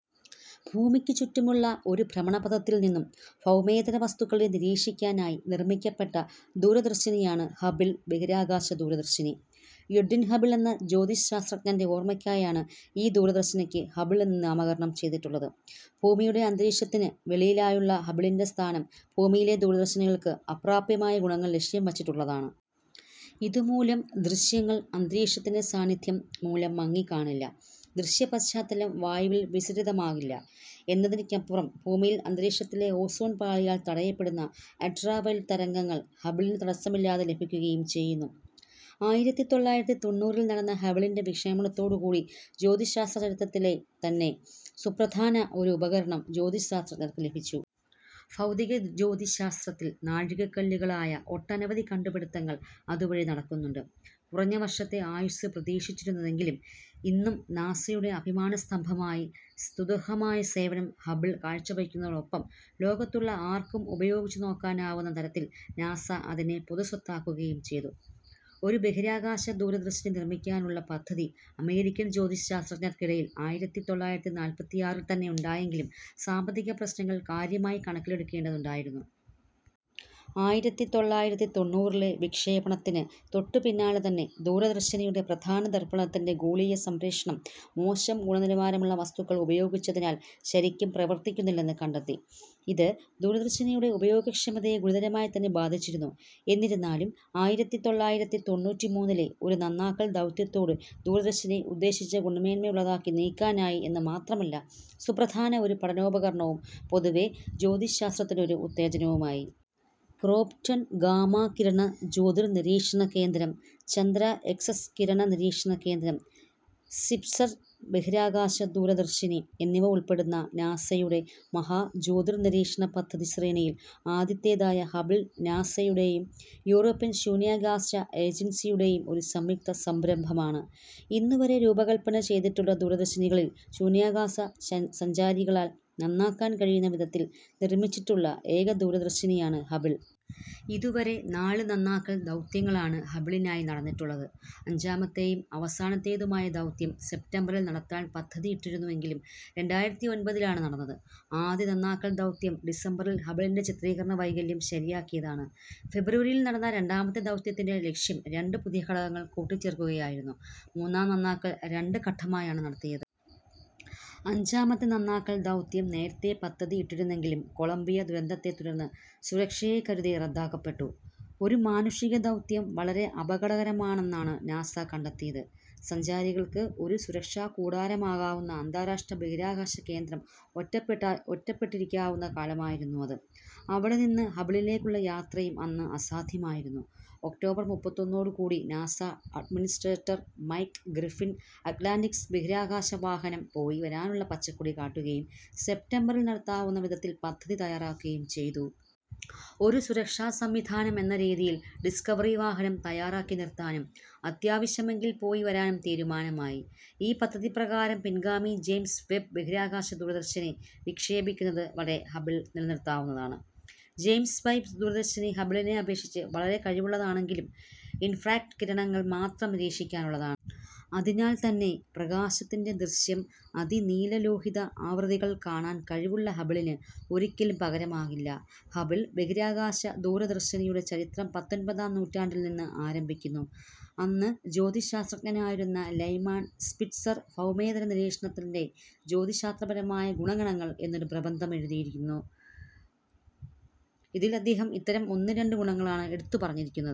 ഭൂമിയ്ക്കു ചുറ്റുമുള്ള ഒരു ഭ്രമണപഥത്തിൽ നിന്നും ഭൗമേതര വസ്തുക്കളെ നിരീക്ഷിക്കാനായി നിർമ്മിക്കപ്പെട്ട ദൂരദർശിനിയാണ് ഹബിൾ ബഹിരാകാശ ദൂരദർശിനി. എഡ്വിൻ ഹബിൾ എന്ന ജ്യോതിശാസ്ത്രജ്ഞൻ്റെ ഓർമ്മക്കായാണ് ഈ ദൂരദർശിനിക്ക് ഹബിൾ എന്ന് നാമകരണം ചെയ്തിട്ടുള്ളത്. ഭൂമിയുടെ അന്തരീക്ഷത്തിന് വെളിയിലായുള്ള ഹബിളിൻ്റെ സ്ഥാനം ഭൂമിയിലെ ദൂരദർശിനികൾക്ക് അപ്രാപ്യമായ ഗുണങ്ങൾ ലക്ഷ്യം വച്ചുള്ളതാണ്. ഇതുമൂലം ദൃശ്യങ്ങൾ അന്തരീക്ഷത്തിൻ്റെ സാന്നിദ്ധ്യം മൂലം മങ്ങിക്കാണില്ല, ദൃശ്യപശ്ചാത്തലം വായുവിൽ വിസരിതമാകില്ല എന്നതിനൊക്കെപ്പുറമേ ഭൂമിയിൽ അന്തരീക്ഷത്തിലെ ഓസോൺ പാളിയാൽ തടയപ്പെടുന്ന അൾട്രാവയലറ്റ് തരംഗങ്ങൾ ഹബിളിന് തടസ്സമില്ലാതെ ലഭിക്കുകയും ചെയ്യുന്നു. ആയിരത്തി തൊള്ളായിരത്തി തൊണ്ണൂറിൽ നടന്ന ഹബിളിൻ്റെ വിക്ഷേപണത്തോടു കൂടി ജ്യോതിശാസ്ത്ര ചരിത്രത്തിലെ തന്നെ സുപ്രധാനമായ ഒരു ഉപകരണം ജ്യോതിശാസ്ത്രജ്ഞർക്ക് ലഭിച്ചു. ഭൗതിക ജ്യോതിശാസ്ത്രത്തിൽ നാഴികക്കല്ലുകളായ ഒട്ടനവധി കണ്ടുപിടിത്തങ്ങൾ അതുവഴി നടക്കുന്നുണ്ട്. കുറഞ്ഞ വർഷത്തെ ആയുസ്സ് പ്രതീക്ഷിച്ചിരുന്നതെങ്കിലും ഇന്നും നാസയുടെ അഭിമാനസ്തംഭമായി സ്തുത്യർഹമായ സേവനം ഹബിൾ കാഴ്ചവയ്ക്കുന്നതോടൊപ്പം ലോകത്തുള്ള ആർക്കും ഉപയോഗിച്ചു നോക്കാവുന്ന തരത്തിൽ നാസ അതിനെ പൊതുസ്വത്താക്കുകയും ചെയ്തു. ഒരു ബഹിരാകാശ ദൂരദർശിനി നിർമ്മിക്കാനുള്ള പദ്ധതി അമേരിക്കൻ ജ്യോതിശാസ്ത്രജ്ഞർക്കിടയിൽ ആയിരത്തി തൊള്ളായിരത്തി നാൽപ്പത്താറിൽ തന്നെ ഉണ്ടായെങ്കിലും സാമ്പത്തിക പ്രശ്നങ്ങൾ കാര്യമായി കണക്കിലെടുക്കേണ്ടതുണ്ടായിരുന്നു. ആയിരത്തി തൊള്ളായിരത്തി തൊണ്ണൂറിലെ വിക്ഷേപണത്തിന് തൊട്ടുപിന്നാലെ തന്നെ ദൂരദർശിനിയുടെ പ്രധാന ദർപ്പണത്തിൻ്റെ ഗോളീയ സംക്ഷേപണം മോശം ഗുണനിലവാരമുള്ള വസ്തുക്കൾ ഉപയോഗിച്ചതിനാൽ ശരിക്കും പ്രവർത്തിക്കുന്നില്ലെന്ന് കണ്ടെത്തി. ഇത് ദൂരദർശിനിയുടെ ഉപയോഗക്ഷമതയെ ഗുരുതരമായി തന്നെ ബാധിച്ചിരുന്നു. എന്നിരുന്നാലും ആയിരത്തി തൊള്ളായിരത്തി തൊണ്ണൂറ്റിമൂന്നിലെ ഒരു നന്നാക്കൽ ദൗത്യത്തോടെ ദൂരദർശിനി ഉദ്ദേശിച്ച ഗുണമേന്മയുള്ളതാക്കി തീർക്കാനായി എന്ന് മാത്രമല്ല സുപ്രധാനമായ ഒരു പഠനോപകരണവും പൊതുവേ ജ്യോതിശാസ്ത്രത്തിനൊരു ഉത്തേജനവുമായി. ക്രോംപ്റ്റൺ ഗാമാ കിരണ ജ്യോതിർനിരീക്ഷണ കേന്ദ്രം, ചന്ദ്രാ എക്സ്-കിരണ നിരീക്ഷണ കേന്ദ്രം, സ്പിറ്റ്സർ ബഹിരാകാശ ദൂരദർശിനി എന്നിവ ഉൾപ്പെടുന്ന നാസയുടെ മഹാ ജ്യോതിർനിരീക്ഷണ പദ്ധതി ശ്രേണിയിൽ ആദ്യത്തേതായ ഹബിൾ, നാസയുടെയും യൂറോപ്യൻ ശൂന്യാകാശ ഏജൻസിയുടെയും ഒരു സംയുക്ത സംരംഭമാണ്. ഇന്നുവരെ രൂപകല്പന ചെയ്തിട്ടുള്ള ദൂരദർശിനികളിൽ ശൂന്യാകാശ സഞ്ചാരികളാൽ നന്നാക്കാൻ കഴിയുന്ന വിധത്തിൽ നിർമ്മിച്ചിട്ടുള്ള ഏക ദൂരദർശിനിയാണ് ഹബിൾ. ഇതുവരെ നാല് നന്നാക്കൽ ദൗത്യങ്ങളാണ് ഹബിളിനായി നടന്നിട്ടുള്ളത്. അഞ്ചാമത്തേതും അവസാനത്തേതുമായ ദൗത്യം സെപ്റ്റംബറിൽ നടത്താൻ പദ്ധതിയിട്ടിരുന്നുവെങ്കിലും രണ്ടായിരത്തി ഒൻപതിലാണ് നടന്നത്. ആദ്യ നന്നാക്കൽ ദൗത്യം ഡിസംബറിൽ ഹബിളിൻ്റെ ചിത്രീകരണ വൈകല്യം ശരിയാക്കിയതാണ്. ഫെബ്രുവരിയിൽ നടന്ന രണ്ടാമത്തെ ദൗത്യത്തിൻ്റെ ലക്ഷ്യം രണ്ട് പുതിയ ഘടകങ്ങൾ കൂട്ടിച്ചേർക്കുകയായിരുന്നു. മൂന്നാം നന്നാക്കൽ രണ്ട് ഘട്ടമായാണ് നടത്തിയത്. അഞ്ചാമത്തെ നന്നാക്കൽ ദൗത്യം നേരത്തെ പദ്ധതിയിട്ടിരുന്നെങ്കിലും കൊളംബിയ ദുരന്തത്തെ തുടർന്ന് സുരക്ഷയെ കരുതി റദ്ദാക്കപ്പെട്ടു. ഒരു മാനുഷിക ദൗത്യം വളരെ അപകടകരമാണെന്നാണ് നാസ കണ്ടെത്തിയത്. സഞ്ചാരികൾക്ക് ഒരു സുരക്ഷാകൂടാരമാകാവുന്ന അന്താരാഷ്ട്ര ബഹിരാകാശ കേന്ദ്രം ഒറ്റപ്പെട്ടിരിക്കാവുന്ന കാലമായിരുന്നു അത്. അവിടെനിന്ന് ഹബിളിലേക്കുള്ള യാത്രയും അന്ന് അസാധ്യമായിരുന്നു. ഒക്ടോബർ മുപ്പത്തൊന്നോടു കൂടി NASA administrator Mike Griffin Atlantis ബഹിരാകാശ വാഹനം പോയി വരാനുള്ള പച്ചക്കൊടി കാട്ടുകയും, സെപ്റ്റംബറിൽ നടത്താവുന്ന വിധത്തിൽ പദ്ധതി തയ്യാറാക്കുകയും ചെയ്തു. ഒരു സുരക്ഷാസംവിധാനം എന്ന രീതിയിൽ ഡിസ്കവറി വാഹനം തയ്യാറാക്കി നിർത്താനും അത്യാവശ്യമെങ്കിൽ പോയി വരാനും തീരുമാനമായി. ഈ പദ്ധതിപ്രകാരം പിൻഗാമി ജെയിംസ് വെബ് ബഹിരാകാശ ദൂരദർശിനി വിക്ഷേപിക്കുന്നത് വരെ ഹബിൾ നിലനിർത്താവുന്നതാണ്. ജെയിംസ് വെബ് ദൂരദർശിനി ഹബിളിനെ അപേക്ഷിച്ച് വളരെ കഴിവുള്ളതാണെങ്കിലും ഇൻഫ്രാറെഡ് കിരണങ്ങൾ മാത്രം നിരീക്ഷിക്കാനുള്ളതാണ്. അതിനാൽ തന്നെ പ്രകാശത്തിൻ്റെ ദൃശ്യ അതിനീലലോഹിത ആവൃത്തികൾ കാണാൻ കഴിവുള്ള ഹബിളിന് ഒരിക്കലും പകരമാവില്ല. ഹബിൾ ബഹിരാകാശ ദൂരദർശിനിയുടെ ചരിത്രം പത്തൊൻപതാം നൂറ്റാണ്ടിൽ നിന്ന് ആരംഭിക്കുന്നു. അന്ന് ജ്യോതിശാസ്ത്രജ്ഞനായിരുന്ന ലൈമാൻ സ്പിറ്റ്സർ "ഭൗമേതര നിരീക്ഷണാലയത്തിൻ്റെ ജ്യോതിശാസ്ത്രപരമായ ഗുണഗണങ്ങൾ" എന്നൊരു പ്രബന്ധം എഴുതിയിരുന്നു. അതിൽ അദ്ദേഹം ഇത്തരം ഒന്നിൻ്റെ രണ്ട് ഗുണങ്ങളാണ് എടുത്തു പറഞ്ഞിരുന്നത്.